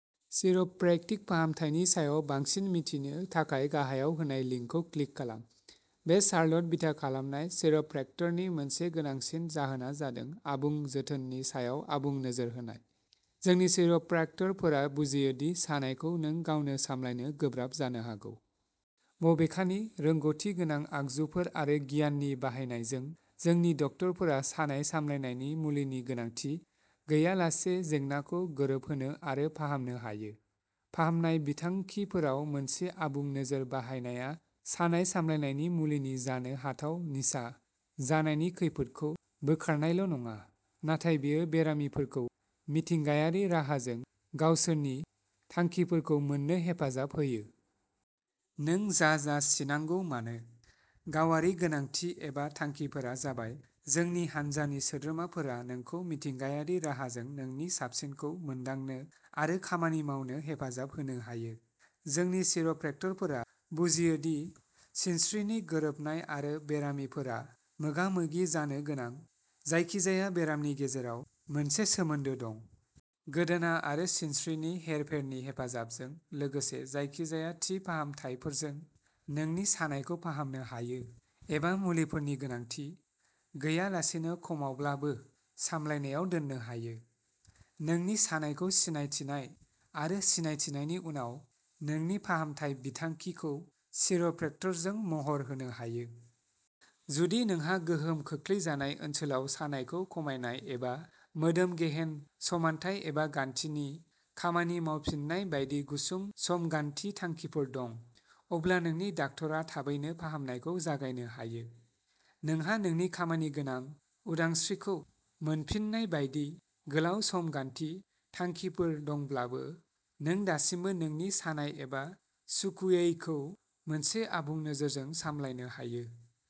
Chiropractic फाहामथायनि सायाव बांसिन मिथिनो थाखाय गाहायाव होनाय लिंकखौ क्लिक खालाम। बे शार्लट बिथा खालामनाय चिरप्र्याक्टरनि मोनसे गोनांसिन जाहोनआ जादों आबुं जोथोननि सायाव आबुं नोजोर होनाय। जोंनि चिरप्र्याक्टरफोरा बुजियो दि सानायखौ नों गावनो सामलायनो गोब्राब जानो हागौ। बबेखानि, रोंग'थिगोनां आगजुफोर आरो गियाननि बाहायनायजों, जोंनि डक्टरफोरा सानाय सामलायनायनि मुलिनि गोनांथि गैयालासे जेंनाखौ गोरोबहोनो आरो फाहामनो हायो। फाहामनाय बिथांखिफोराव मोनसे आबुं नोजोर बाहायनाया सानाय सामलायनायनि मुलिनि जानो हाथाव निसा जानायनि खैफोदखौ बोखारनायल'नङा, नाथाय बेयो बेरामिफोरखौ मिथिंगायारि राहाजों गावसोरनि थांखिफोरखौ मोन्नो हेफाजाब होयो। नों जा जा सिनांगौ मानो। गावारि गोनांथि एबा थांखिफोरा जाबाय, जोंनि हानजानि सोद्रोमाफोरा नोंखौ मिथिंगायारि राहाजों नोंनि साबसिनखौ मोनदांनो आरो खामानि मावनो हेफाजाब होनो हायो। जोंनि चिरप्रेक्टरफोरा बुजियो दि सिनस्रिनि गोरोबनाय आरो बेरामिफोरा मोगा-मोगि जानो गोनां जायखिजाया बेरामनि गेजेराव मोनसे सोमोन्दो दं। गोदोना आरो सिनस्रिनि हेरफेरनि हेफाजाबजों, लोगोसे जायखिजाया थि फाहामथायफोरजों, नोंनि सानायखौ फाहामनो हायो एबा मुलिफोरनि गोनांथि गैयालासेनो खमावब्लाबो सामलायनायाव दोननो हायो। नोंनि सानायखौ सिनायथिनाय आरो सिनायथिनायनि उनाव, नोंनि फाहामथाय बिथांखिखौ चिरप्रेक्टरजों महर होनो हायो। जुदि नोंहा गोहोम खोख्लैजानाय ओनसोलाव सानायखौ खमायनाय एबा मोदोम गेहेन समानथाय एबा गान्थिनि खामानि मावफिन्नाय बायदि गुसुं समगान्थि थांखिफोर दं, अब्ला नोंनि डाक्टारआ थाबैनो फाहामनायखौ जागायनो हायो। नोंहा नोंनि खामानिगोनां उदांस्रिखौ मोनफिननाय बायदि गोलाव समगान्थि थांखिफोर दंब्लाबो, नों दासिमबो नोंनि सानाय एबा सुखुयैखौ मोनसे आबुं नोजोरजों सामलायनो हायो।